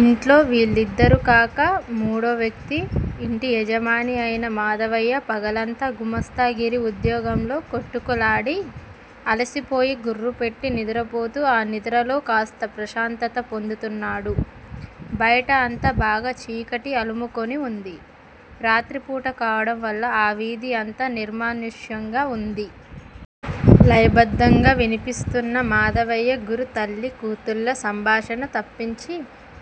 ఇంట్లో వీళ్ళిద్దరూ కాక, మూడో వ్యక్తి, ఇంటి యజమాని అయిన మాధవయ్య పగలంతా గుమాస్తాగిరీ వుద్యోగంలో కొట్టుకులాడి, అలసిపోయి గుర్రుపెట్టి నిద్రపోతూ ఆ నిద్రలో కాస్త ప్రశాంతత పొందుతున్నాడు. బయట అంతా బాగా చీకటి అలుముకొని వుంది. రాత్రిపూట కావడంవల్ల ఆ వీధి అంతా నిర్మానుష్యంగా వుంది. లయబద్ధంగా వినిపిస్తున్న మాధవయ్య గురు తల్లీ కూతుళ్ళ సంభాషణ తప్పించి,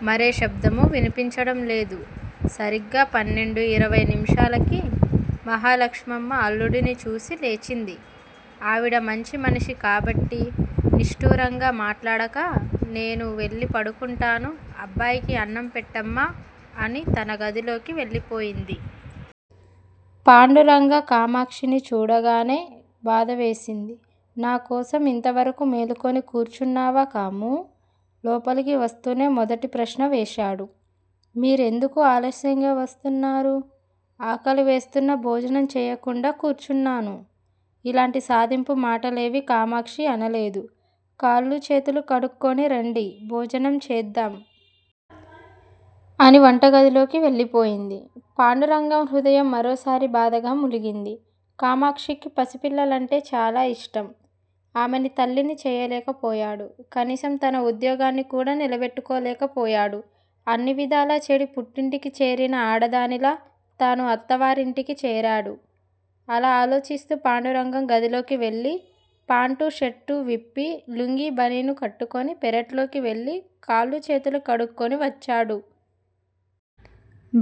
మరే శబ్దమూ వినిపించడంలేదు. సరిగ్గా పన్నెండూ ఇరవై నిముషాలకి. మహాలక్ష్మమ్మ అల్లుడిని చూసి లేచింది. ఆవిడ మంచి మనిషి కాబట్టి. నిష్టూరంగా మాట్లాడక, నేను వెళ్ళి పడుకుంటాను. అబ్బాయికి అన్నం పెట్టమ్మా! అని తన గదిలోకి వెళ్ళిపోయింది. పాండురంగ కామాక్షిని చూడగానే బాధవేసింది. నా కోసం ఇంతవరకూ మేలుకుని కూర్చున్నావా కామూ! లోపలికి వస్తూనే మొదటి ప్రశ్న వేశాడు. మీరు ఎందుకు ఆలస్యంగా వస్తున్నారు? ఆకలి వేస్తున్నా భోజనం చెయ్యకుండా కూర్చున్నాను. ఇలాంటి సాధింపు మాటలేవీ కామాక్షి అనలేదు. కాళ్ళూ చేతులూ కడుక్కురండి! భోజనం చేద్దాం! అని వంటగదిలోకి వెళ్ళిపోయింది. పాండురంగం హృదయం మరోసారి బాధగా మూలిగింది. కామాక్షికి పసిపిల్లలంటే చాలా యిష్టం. ఆమెని తల్లిని చేయలేకపోయాడు. కనీసం తన వుద్యోగాన్ని కూడా నిలబెట్టుకోలేకపోయాడు. అన్ని విధాలా చెడి పుట్టింటికి చేరిన ఆడదానిలా తను అత్తవారింటికి చేరాడు! అలా ఆలోచిస్తూ పాండురంగం గదిలోకి వెళ్ళి పాంటూ, షర్టూ విప్పి, లుంగీ బనీను కట్టుకుని పెరట్లోకి వెళ్ళి కాళ్ళూ చేతులూ కడుక్కుని వచ్చాడు.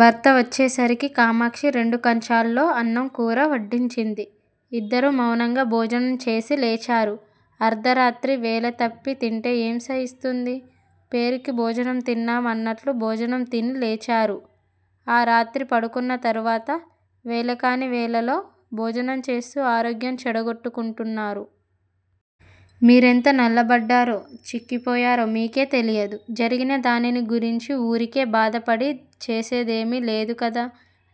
భర్త వచ్చేసరికి కామాక్షి రెండు కంచాల్లో అన్నం కూరా వడ్డించింది. ఇద్దరూ మౌనంగా భోజనం చేసి లేచారు. అర్దరాత్రి, వేళతప్పీ తింటే ఏం సయిస్తుంది? పేరుకి భోజనం తిన్నాం అన్నట్లు భోజనం తిని లేచారు. ఆ రాత్రి పడుకున్న తరువాత. వేళకాని వేళలో భోజనం చేస్తూ ఆరోగ్యం చెడగొట్టుకుంటున్నారు! మీరెంత నల్లబడ్డారో, చిక్కిపోయారో మీకే తెలియదు. జరిగిన దానిని గురించీ వూరికే బాధపడి చేసేదేమీ లేదు కదా!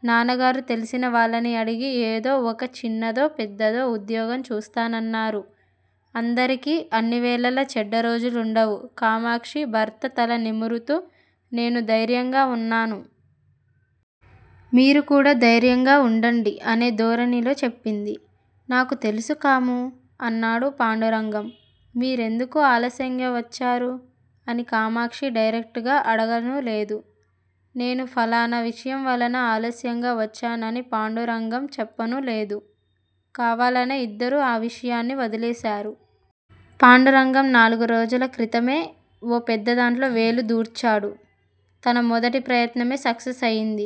నాన్నగారు తెలిసిన వాళ్ళని అడిగి ఏదో ఒక చిన్నదో పెద్దదో వుద్యోగం చూస్తానన్నారు. అందరికీ అన్నివేళలా చెడ్డరోజులుండవు కామాక్షి భర్త తల నిమురుతూ, నేను ధైర్యంగా వున్నాను. మీరు కూడా ధైర్యంగా వుండండి అనే ధోరణిలో చెప్పింది. నాకు తెలుసు కామూ! అన్నాడు పాండురంగం. మీరెందుకు ఆలస్యంగా వచ్చారు? అని కామాక్షి డైరెక్ట్ గా అడగనూ లేదు. నేను ఫలానా విషయం వలన ఆలస్యంగా వచ్చానని పాండురంగం చెప్పనూ లేదు. కావాలనే ఇద్దరూ ఆ విషయాన్ని వదిలేశారు. పాండురంగం నాలుగురోజుల క్రితమే. ఓ పెద్దదాంట్లో వేలు దూర్చాడు. తన మొదటి ప్రయత్నమే సక్సెస్ అయ్యింది.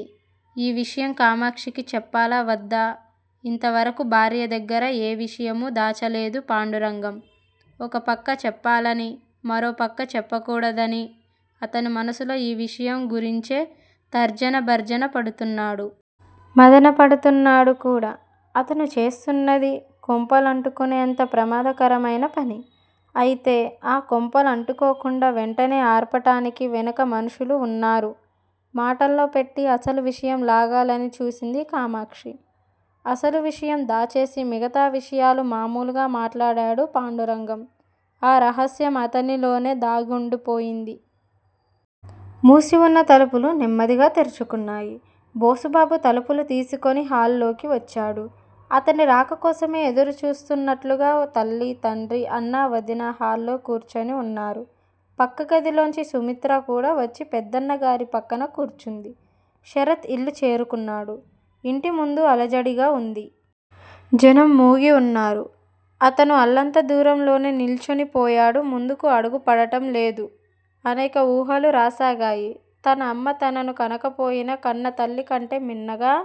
ఈ విషయం కామాక్షికి చెప్పాలా వద్దా? ఇంతవరకూ భార్య దగ్గర ఏ విషయమూ దాచలేదు పాండురంగం. ఒకపక్క చెప్పాలని. మరోపక్క చెప్పకూడదని. అతను మనస్సులో ఈ విషయం గురించే తర్జన భర్జన పడుతున్నాడు. మధనపడుతున్నాడు కూడా. అతను చేస్తున్నదీ, కొంపలు అంటుకునేంత ప్రమాదకరమయిన పని. అయితే, ఆ కొంపలు అంటుకోకుండా వెంటనే ఆర్పటానికి వెనుక మనుషులు వున్నారు. మాటల్లోపెట్టి అసలు విషయం లాగాలని చూసింది కామాక్షి. అసలు విషయం దాచేసి మిగతా విషయాలు మామూలుగా మాట్లాడాడు పాండురంగం. ఆ రహస్యం అతనిలోనే దాగుండిపోయింది. మూసివున్న తలుపులు నెమ్మదిగా తెరుచుకున్నాయి. బోసుబాబు తలుపులు తీసుకుని హాల్ లోకి వచ్చాడు. అతని రాకకోసమే ఎదురుచూస్తున్నట్లుగా తల్లి, తండ్రీ, అన్నా, వదిన హాల్ లో కూర్చుని వున్నారు. పక్కగదిలోంచి సుమిత్ర కూడా వచ్చి పెద్దన్నగారి పక్కన కూర్చుంది. శరత్ ఇల్లు చేరుకున్నాడు. ఇంటి ముందు అలజడిగా వుంది. జనం మూగివున్నారు. అతను అల్లంత దూరంలోనే నిల్చుని పోయాడు ముందుకు అడుగు పడటంలేదు. అనేక ఊహలు రాసాగాయి. తన అమ్మ తనను కనకపోయినా కన్నతల్లి కంటే మిన్నగా